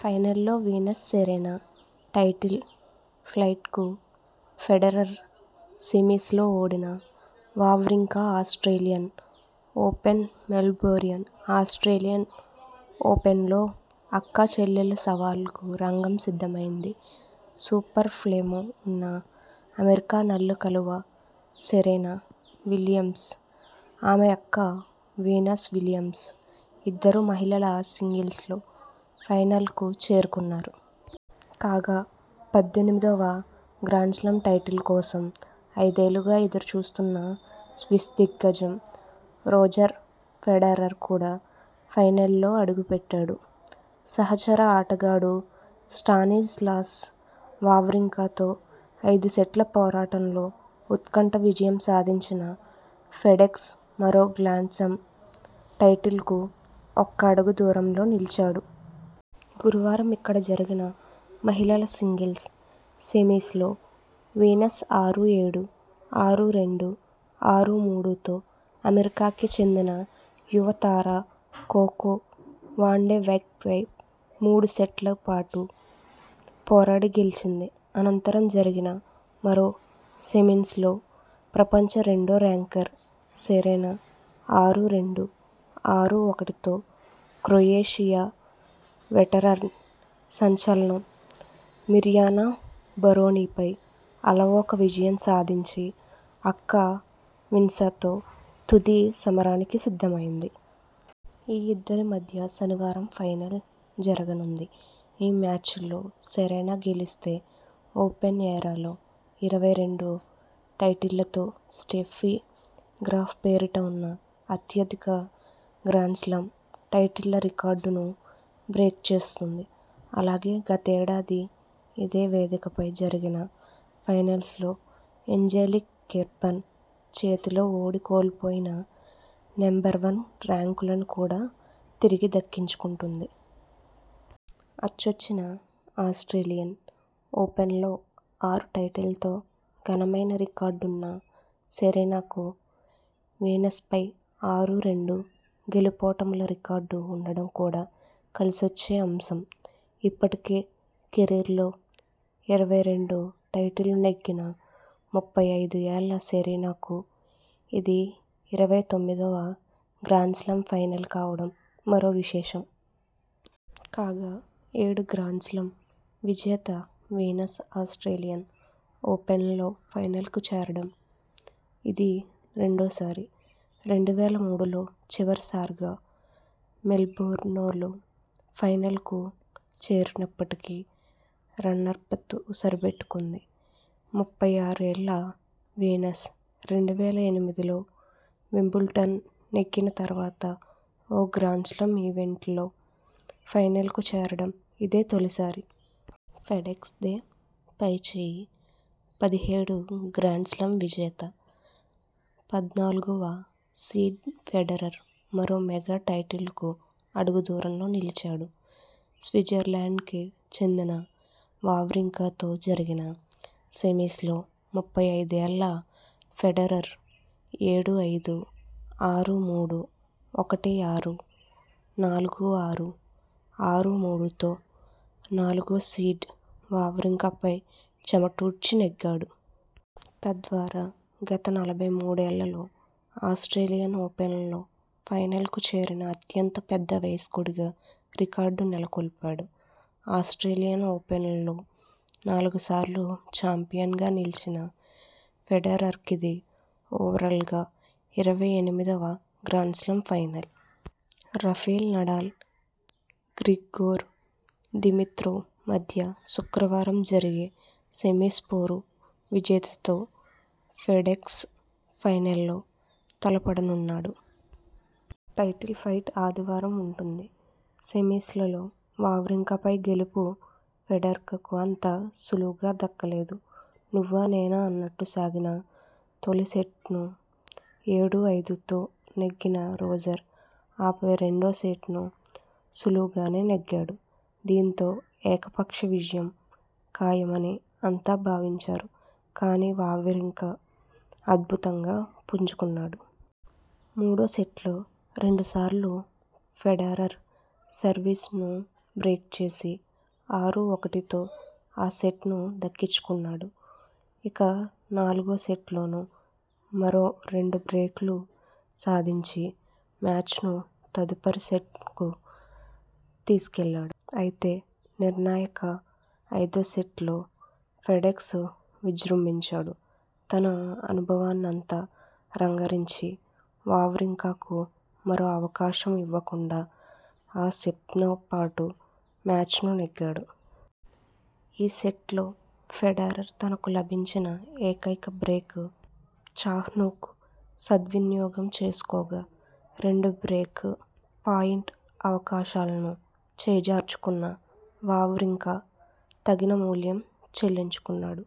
ఫైనల్లో Venus Serena title ఫైట్కు Federer semis లో ఓడిన Wawrinka Australian Open Melbourne Australian ఓపెన్లో అక్కా చెల్లెళ్ల సవాల్కు రంగం సిద్ధమైంది. సూపర్ ఫామ్లో ఉన్న అమెరికా నల్ల కలువ సెరెనా విలియమ్స్, ఆమె అక్క వీనస్ విలియమ్స్ ఇద్దరూ మహిళల సింగిల్స్లో ఫైనల్కు చేరుకున్నారు. కాగా పద్దెనిమిదివ గ్రాండ్స్లామ్ టైటిల్ కోసం ఐదేళ్లుగా ఎదురు చూస్తున్న స్విస్ దిగ్గజం రోజర్ ఫెడరర్ కూడా ఫైనల్లో అడుగుపెట్టాడు. సహచర ఆటగాడు స్టానిస్లాస్ వావ్రింకా తో ఐదుసెట్ల పోరాటంలో ఉత్కంఠ విజయం సాధించిన ఫెడెక్స్ మరో గ్రాండ్స్లామ్ టైటిల్కు ఒక్క అడుగు దూరంలో నిలిచాడు. గురువారమిక్కడ జరిగిన మహిళల సింగిల్స్ సెమీస్ లో వీనస్ ఆరు ఏడు, ఆరు రెండు, ఆరు మూడు తో అమెరికాకే చెందిన యువ తార కొకొ వాండెవెగ్పై మూడు సెట్లపాటు పోరాడి గెలిచింది. అనంతరం జరిగిన మరో సెమీస్లో ప్రపంచ రెండో ర్యాంకర్ సెరెనా ఆరు రెండు, ఆరు ఒకటితో క్రొయేషియా వెటరన్ సంచలనం మిర్యానా బరోనీపై అలవోక విజయం సాధించి అక్క వీన్సతో తుది సమరానికి సిద్ధమైంది. ఈ ఇద్దరి మధ్య శనివారం ఫైనల్ జరగనుంది. ఈ మ్యాచ్లో సెరెనా గెలిస్తే ఓపెన్ ఎరాలో ఇరవై రెండు టైటిళ్లతో స్టెఫీ గ్రాఫ్ పేరిట ఉన్న అత్యధిక గ్రాండ్స్లామ్ టైటిళ్ల రికార్డును బ్రేక్ చేస్తుంది. అలాగే గతేడాది ఇదే వేదికపై జరిగిన ఫైనల్లో ఏంజెలిక్ కెర్బర్ చేతిలో ఓడి కోల్పోయిన నెంబర్వన్ ర్యాంకును కూడా తిరిగి దక్కించుకుంటుంది. అచ్చొచ్చిన ఆస్ట్రేలియన్ ఓపెన్లో ఆరు టైటిళ్లతో ఘనమైన రికార్డున్న సెరెనాకు వీనస్పై ఆరు-రెండు గెలుపోటముల రికార్డు ఉండడం కూడా కలిసొచ్చే అంశం. ఇప్పటికే కెరీర్లో ఇరవై రెండు టైటిళ్లు నెగ్గిన ముప్పై ఐదు ఏళ్ల సెరెనాకు ఇది ఇరవై తొమ్మిదివ గ్రాండ్స్లామ్ ఫైనల్ కావడం మరో విశేషం. కాగా ఏడు గ్రాండ్స్లామ్ల విజేత వీనస్ ఆస్ట్రేలియన్ ఓపెన్లో ఫైనల్కు చేరడం ఇది రెండోసారి. రెండు వేల మూడులో చివరిసారిగా మెల్బోర్న్లో ఫైనల్కు చేరినప్పటికీ రన్నర్పతో సరిపెట్టుకుంది. ముప్పై ఆరు ఏళ్ల వీనస్ రెండు వేల ఎనిమిదిలో వింబుల్డన్ నెగ్గిన తర్వాత ఓ గ్రాండ్స్లామ్ ఈవెంట్లో ఫైనల్కు చేరడం ఇదే తొలిసారి. ఫెడెక్స్దే పైచేయి పదిహేడు గ్రాండ్స్లామ్స్ విజేత, పద్నాలుగువ సీడ్ ఫెడరర్ మరో మెగా టైటిల్కు అడుగు దూరంలో నిలిచాడు. స్విట్జర్లాండ్కే చెందిన వావ్రింకా తో జరిగిన సెమీస్ లో ముప్పై ఐదు ఏళ్ల ఫెడరర్ ఏడు ఐదు, ఆరు మూడు, ఒకటి ఆరు, నాలుగు ఆరు, ఆరు మూడుతో నాలుగో సీడ్ వావ్రింకాపై చెమటోడ్చి నెగ్గాడు. తద్వారా గత నలభై మూడు ఏళ్లలో ఆస్ట్రేలియన్ ఓపెన్లో ఫైనల్కు చేరిన అత్యంత పెద్ద వయస్కుడిగా రికార్డు నెలకొల్పాడు. ఆస్ట్రేలియన్ ఓపెన్లో నాలుగు సార్లు చాంపియన్గా నిలిచిన ఫెడరర్కిది ఓవరాల్గా ఇరవై ఎనిమిదివ grand slam final. Rafael Nadal, Grigor Dimitrov మధ్య శుక్రవారం జరిగే సెమీస్ పోరు విజేతతో ఫెడెక్స్ ఫైనల్లో తలపడనున్నాడు. టైటిల్ ఫైట్ ఆదివారం ఉంటుంది. సెమీ్సలో వావ్రింకాపై గెలుపు ఫెడరర్కు అంత సులువుగా దక్కలేదు. నువ్వా నేనా అన్నట్టు సాగిన తొలిసెట్ను ఏడు ఐదుతో నెగ్గిన రోజర్ ఆపై రెండో సెట్నూ సులువుగానే నెగ్గాడు. దీంతో ఏక పక్ష విజయం ఖాయమని అంతా భావించారు. కానీ వావ్రింకా అద్భుతంగా పుంజుకున్నాడు. మూడో సెట్లో రెండు సార్లు ఫెడరర్ సర్వీస్ను బ్రేక్ చేసి ఆరు ఒకటితో ఆ సెట్ను దక్కించుకున్నాడు. ఇక నాలుగో సెట్లోనూ మరో రెండు బ్రేక్లు సాధించి మ్యాచ్ను తదుపరి సెట్కు తీసుకెళ్లాడు. అయితే నిర్ణాయక ఐదో సెట్లో ఫెడెక్స్ విజృంభించాడు. తన అనుభవాన్నంతా రంగరించి వావ్రింకాకు మరో అవకాశం ఇవ్వకుండా ఆ సెట్తోపాటు మ్యాచ్నూ నెగ్గాడు. ఈ సెట్లో ఫెడరర్ తనకు లభించిన ఏకైక బ్రేక్ చాన్స్ను సద్వినియోగం చేసుకోగా రెండు బ్రేక్ పాయింట్ అవకాశాలను చేజార్చుకున్న వావ్రింకా తగిన మూల్యం చెల్లించుకున్నాడు.